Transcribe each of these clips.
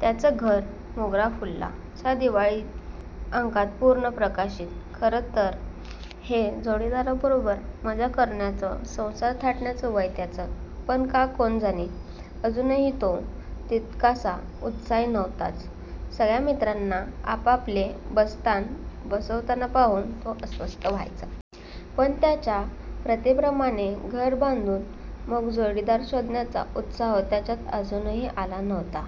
त्याचे घर 'मोगरा फुलला' च्या दिवाळी अंकात पूर्व प्रकाशित. खरंतर हे जोडीदाराबरोबर मजा करण्याचं, संसार थाटण्याच वय त्याचं. पण का कोण जाणे, अजूनही तो तितकासा उत्साही नव्हताच. सगळ्या मित्रांना आपापले बस्तान बसवताना पाहून तो अस्वस्थ व्हायचा. पण त्यांच्या प्रथेप्रमाणे घरं बांधून मग जोडीदार शोधण्याचा उत्साह त्याच्यात अजूनही आला नव्हता.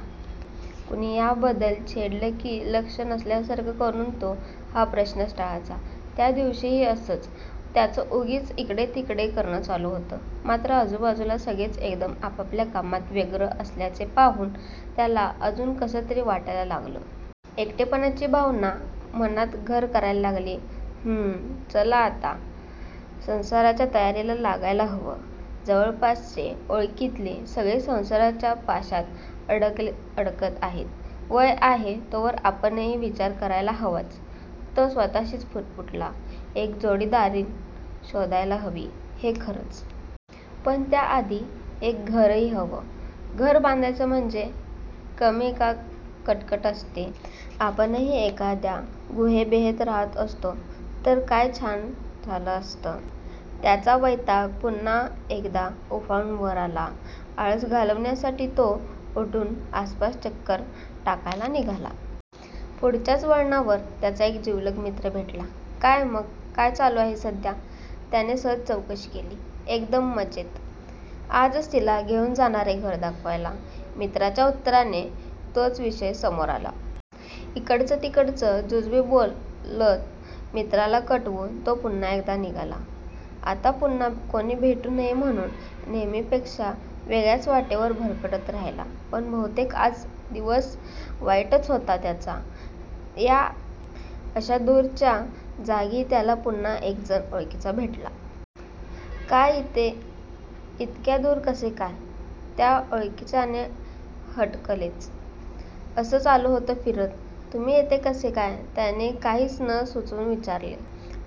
कुणी याबद्दल छेडलं कि लक्ष नसल्यासारखं करून तो हा प्रश्नच टाळायचा. त्यादिवशीही असंच त्याचं उगीच इकडेतिकडे करणं चालू होतं. मात्र आजूबाजूला सगळेच एकदम आपापल्या कामात व्यग्र असल्याचे पाहून त्याला अजूनच कसंतरी वाटायला लागलं. एकटेपणाची भावना मनात घर करायला लागली. "हम्म, चला आता संसाराच्या तयारीला लागायलाच हवं. जवळपासचे ओळखीतले सगळेच संसाराच्या पाशात अडकत आहेत. वय आहे तोवर आपणही विचार करायला हवाच. " तो स्वत:शीच पुटपुटला. "एक जोडीदारीण शोधायला हवी हे खरंच. पण त्या आधी एक घरही हवं. घर बांधायचं म्हणजे कमी का कटकट असते? आपणही एखाद्या गुहेबिहेत रहात असतो तर काय छान झालं असतं. " त्याचा वैताग पुन्हा एकदा उफाळून वर आला. आळस घालवण्यासाठी तो उठून आसपास चक्कर टाकायला निघाला. पुढच्याच वळणावर त्याचा एक जिवलग मित्र भेटला. "काय मग? काय चालू आहे सध्या? " त्याने सहज चौकशी केली. "एकदम मजेत. आजच तीला घेऊन जाणारे घर दाखवायला! " मित्राच्या उत्तराने तोच विषय समोर आला. इकडचं तिकडचं जुजबी बोलत मित्राला कटवून तो पुन्हा एकदा निघाला. आता पुन्हा कोणी भेटू नये म्हणून नेहेमीपेक्षा वेगळ्याच वाटेवर भरकटत राहिला. पण बहुतेक आज दिवस वाईटच होता त्याचा. या अशा दूरच्या जागीही त्याला पुन्हा एक जण ओळखीचा भेटला. "काय इथे इतक्या दूर कसे काय? " त्या ओळखीच्याने हटकलेच. "असंच, आलो फिरत फिरत. तुम्ही इथे कसे काय? " त्याने काहीच नं सुचून विचारले.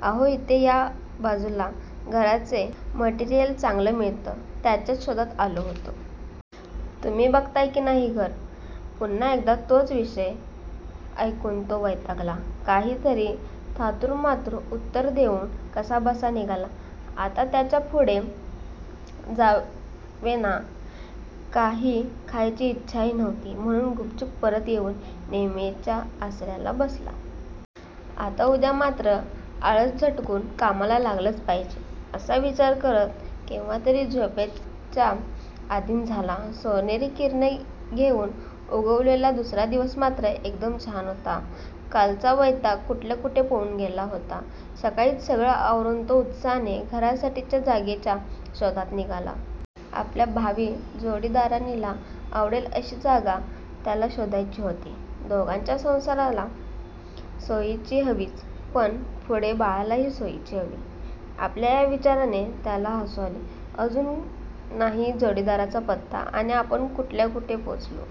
"अहो इथे या बाजूला घराचे मटेरियल चांगलं मिळतं. त्याच्याच शोधात आलो होतो. तुम्ही बांधताय कि नाही घर? " पुन्हा एकदा तोच विषय ऐकून तो खरच वैतागला. काहीतरी थातूरमातूर उत्तर देऊन कसाबसा निघाला. आता त्याच्याने पुढे जाववेना. काही खायची इच्छाही नव्हती म्हणून गुपचूप परत येऊन नेहेमीच्या आसऱ्याला बसला. 'आता उद्या मात्र आळस झटकून कामाला लागलंच पाहिजे' असा विचार करतच केव्हातरी झोपेच्या आधीन झाला. सोनेरी किरणे घेऊन उगवलेला दुसरा दिवस मात्र एकदम छान होता. कालचा वैताग कुठल्या कुठे पळून गेला होता. सकाळीच सगळं आवरून तो उत्साहाने घरासाठीच्या जागेच्या शोधात निघाला. आपल्या भावी जोडीदारिणीला आवडेल अशी जागा त्याला शोधायची होती. 'दोघांच्या संसाराला सोयीची हवीच पण पुढे बाळालाही सोयीची हवी. ' आपल्या या विचाराचे त्यालाच हसु आले. 'अजून नाही जोडीदाराचा पत्ता आणि आपण कुठल्या कुठे पोचलो.